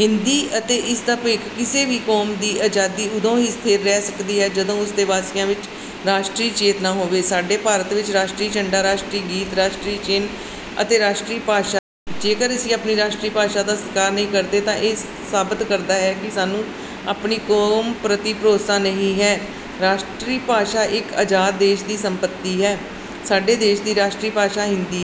ਹਿੰਦੀ ਅਤੇ ਇਸ ਦਾ ਭਵਿੱਖ ਕਿਸੇ ਵੀ ਕੌਮ ਦੀ ਆਜ਼ਾਦੀ ਉਦੋਂ ਹੀ ਸਥਿਰ ਰਹਿ ਸਕਦੀ ਹੈ ਜਦੋਂ ਉਸ ਦੇ ਵਾਸੀਆਂ ਵਿੱਚ ਰਾਸ਼ਟਰੀ ਚੇਤਨਾ ਹੋਵੇ। ਸਾਡੇ ਭਾਰਤ ਵਿੱਚ ਰਾਸ਼ਟਰੀ ਝੰਡਾ, ਰਾਸ਼ਟਰੀ ਗੀਤ, ਰਾਸ਼ਟਰੀ ਚਿੰਨ੍ਹ ਅਤੇ ਰਾਸ਼ਟਰੀ ਭਾਸ਼ਾ ਦਾ ਬਰਾਬਰ ਮਹੱਤਵ ਹੈ। ਜੇਕਰ ਅਸੀਂ ਆਪਣੀ ਰਾਸ਼ਟਰੀ ਭਾਸ਼ਾ ਦਾ ਸਤਿਕਾਰ ਨਹੀਂ ਕਰਦੇ ਤਾਂ ਇਹ ਸਾਬਤ ਕਰਦਾ ਹੈ ਕਿ ਸਾਨੂੰ ਆਪਣੀ ਕੌਮ ਪ੍ਰਤੀ ਕੋਈ ਭਰੋਸਾ ਨਹੀਂ ਹੈ। ਰਾਸ਼ਟਰੀ ਭਾਸ਼ਾ ਇੱਕ ਆਜ਼ਾਦ ਦੇਸ਼ ਦੀ ਸੰਪਤੀ ਹੈ। ਸਾਡੇ ਦੇਸ਼ ਦੀ ਰਾਸ਼ਟਰੀ ਭਾਸ਼ਾ ਹਿੰਦੀ ਹੈ।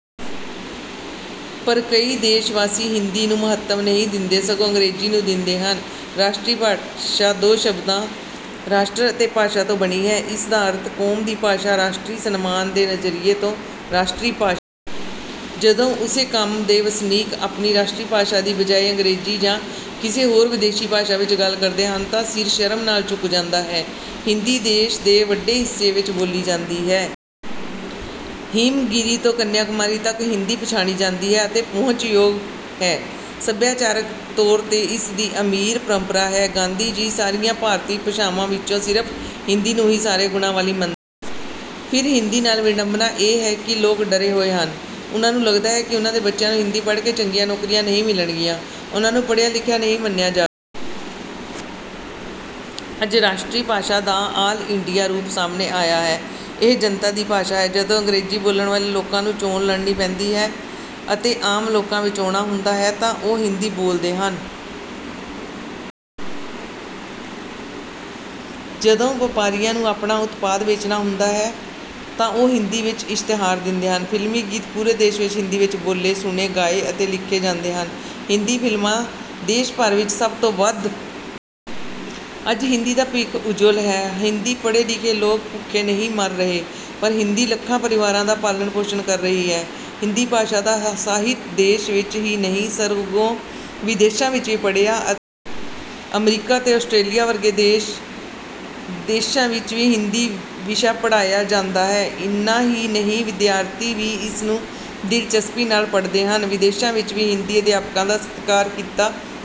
ਪਰ ਕਈ ਦੇਸ਼ ਵਾਸੀ ਹਿੰਦੀ ਨੂੰ ਮਹੱਤਵ ਨਹੀਂ ਦਿੰਦੇ ਸਗੋਂ ਅੰਗਰੇਜ਼ੀ ਨੂੰ ਦਿੰਦੇ ਹਨ। ਰਾਸ਼ਟਰੀ ਭਾਸ਼ਾ ਦੋ ਸ਼ਬਦਾਂ, ਰਾਸ਼ਟਰ ਅਤੇ ਭਾਸ਼ਾ ਤੋਂ ਬਣੀ ਹੈ। ਇਸ ਦਾ ਅਰਥ ਹੈ ਕੌਮ ਦੀ ਭਾਸ਼ਾ। ਰਾਸ਼ਟਰੀ ਸਨਮਾਨ ਦੇ ਨਜ਼ਰੀਏ ਤੋਂ ਰਾਸ਼ਟਰੀ ਭਾਸ਼ਾ ਮਹੱਤਵਪੂਰਨ ਹੈ। ਜਦੋਂ ਉਸੇ ਕੌਮ ਦੇ ਵਸਨੀਕ ਆਪਣੀ ਰਾਸ਼ਟਰੀ ਭਾਸ਼ਾ ਦੀ ਬਜਾਏ ਅੰਗਰੇਜ਼ੀ ਜਾਂ ਕਿਸੇ ਹੋਰ ਵਿਦੇਸ਼ੀ ਭਾਸ਼ਾ ਵਿੱਚ ਗੱਲ ਕਰਦੇ ਹਨ ਤਾਂ ਸਿਰ ਸ਼ਰਮ ਨਾਲ ਝੁਕ ਜਾਂਦਾ ਹੈ। ਹਿੰਦੀ ਦੇਸ਼ ਦੇ ਵੱਡੇ ਹਿੱਸੇ ਵਿੱਚ ਬੋਲੀ ਜਾਂਦੀ ਹੈ। ਹਿਮਗਿਰੀ ਤੋਂ ਕੰਨਿਆਕੁਮਾਰੀ ਤੱਕ ਹਿੰਦੀ ਪਛਾਣੀ ਜਾਂਦੀ ਹੈ ਅਤੇ ਪਹੁੰਚਯੋਗ ਹੈ। ਸੱਭਿਆਚਾਰਕ ਤੌਰ 'ਤੇ ਇਸਦੀ ਅਮੀਰ ਪਰੰਪਰਾ ਹੈ। ਗਾਂਧੀ ਜੀ ਸਾਰੀਆਂ ਭਾਰਤੀ ਭਾਸ਼ਾਵਾਂ ਵਿੱਚੋਂ ਸਿਰਫ਼ ਹਿੰਦੀ ਨੂੰ ਹੀ ਸਾਰੇ ਗੁਣਾਂ ਵਾਲੀ ਮੰਨਦੇ ਸਨ। ਫਿਰ ਹਿੰਦੀ ਨਾਲ ਵਿਡੰਬਨਾ ਇਹ ਹੈ ਕਿ ਲੋਕ ਡਰੇ ਹੋਏ ਹਨ। ਉਨ੍ਹਾਂ ਨੂੰ ਲੱਗਦਾ ਹੈ ਕਿ ਉਨ੍ਹਾਂ ਦੇ ਬੱਚਿਆਂ ਨੂੰ ਹਿੰਦੀ ਪੜ੍ਹ ਕੇ ਚੰਗੀਆਂ ਨੌਕਰੀਆਂ ਨਹੀਂ ਮਿਲਣਗੀਆਂ। ਉਨ੍ਹਾਂ ਨੂੰ ਪੜ੍ਹਿਆ ਲਿਖਿਆ ਨਹੀਂ ਮੰਨਿਆ ਜਾਵੇਗਾ। ਅੱਜ ਰਾਸ਼ਟਰੀ ਭਾਸ਼ਾ ਦਾ ਆਲ ਇੰਡੀਆ ਰੂਪ ਸਾਹਮਣੇ ਆਇਆ ਹੈ, ਇਹ ਜਨਤਾ ਦੀ ਭਾਸ਼ਾ ਹੈ। ਜਦੋਂ ਅੰਗਰੇਜ਼ੀ ਬੋਲਣ ਵਾਲੇ ਲੋਕਾਂ ਨੂੰ ਚੋਣ ਲੜਨੀ ਪੈਂਦੀ ਹੈ ਅਤੇ ਆਮ ਲੋਕਾਂ ਵਿੱਚ ਆਉਣਾ ਹੁੰਦਾ ਹੈ ਤਾਂ ਉਹ ਹਿੰਦੀ ਬੋਲਦੇ ਹਨ। ਜਦੋਂ ਵਪਾਰੀਆਂ ਨੂੰ ਆਪਣਾ ਉਤਪਾਦ ਵੇਚਣਾ ਹੁੰਦਾ ਹੈ ਤਾਂ ਉਹ ਹਿੰਦੀ ਵਿੱਚ ਇਸ਼ਤਿਹਾਰ ਦਿੰਦੇ ਹਨ। ਫਿਲਮੀ ਗੀਤ ਪੂਰੇ ਦੇਸ਼ ਵਿੱਚ ਹਿੰਦੀ ਵਿੱਚ ਬੋਲੇ, ਸੁਣੇ, ਗਾਏ ਅਤੇ ਲਿਖੇ ਜਾਂਦੇ ਹਨ। ਹਿੰਦੀ ਫਿਲਮਾਂ ਦੇਸ਼ ਭਰ ਵਿੱਚ ਸਭ ਤੋਂ ਵੱਧ ਪ੍ਰਸਿੱਧ ਹਨ। ਅੱਜ ਹਿੰਦੀ ਦਾ ਭਵਿੱਖ ਉੱਜਵਲ ਹੈ। ਹਿੰਦੀ ਪੜ੍ਹੇ-ਲਿਖੇ ਲੋਕ ਭੁੱਖੇ ਨਹੀਂ ਮਰ ਰਹੇ ਪਰ ਹਿੰਦੀ ਲੱਖਾਂ ਪਰਿਵਾਰਾਂ ਦਾ ਪਾਲਣ ਪੋਸ਼ਣ ਕਰ ਰਹੀ ਹੈ। ਹਿੰਦੀ ਭਾਸ਼ਾ ਦਾ ਸਾਹਿਤ ਦੇਸ਼ ਵਿੱਚ ਹੀ ਨਹੀਂ ਸਗੋਂ ਵਿਦੇਸ਼ਾਂ ਵਿੱਚ ਵੀ ਪੜ੍ਹਿਆ ਅਤੇ ਸਮਝਿਆ ਜਾਂਦਾ ਹੈ। ਅਮਰੀਕਾ ਅਤੇ ਆਸਟ੍ਰੇਲੀਆ ਵਰਗੇ ਦੇਸ਼ਾਂ ਵਿੱਚ ਵੀ ਹਿੰਦੀ ਵਿਸ਼ਾ ਪੜ੍ਹਾਇਆ ਜਾਂਦਾ ਹੈ। ਇੰਨਾ ਹੀ ਨਹੀਂ ਵਿਦਿਆਰਥੀ ਵੀ ਇਸ ਨੂੰ ਦਿਲਚਸਪੀ ਨਾਲ ਪੜ੍ਹਦੇ ਹਨ। ਵਿਦੇਸ਼ਾਂ ਵਿੱਚ ਵੀ ਹਿੰਦੀ ਅਧਿਆਪਕਾਂ ਦਾ ਸਤਿਕਾਰ ਕੀਤਾ ਜਾਂਦਾ ਹੈ।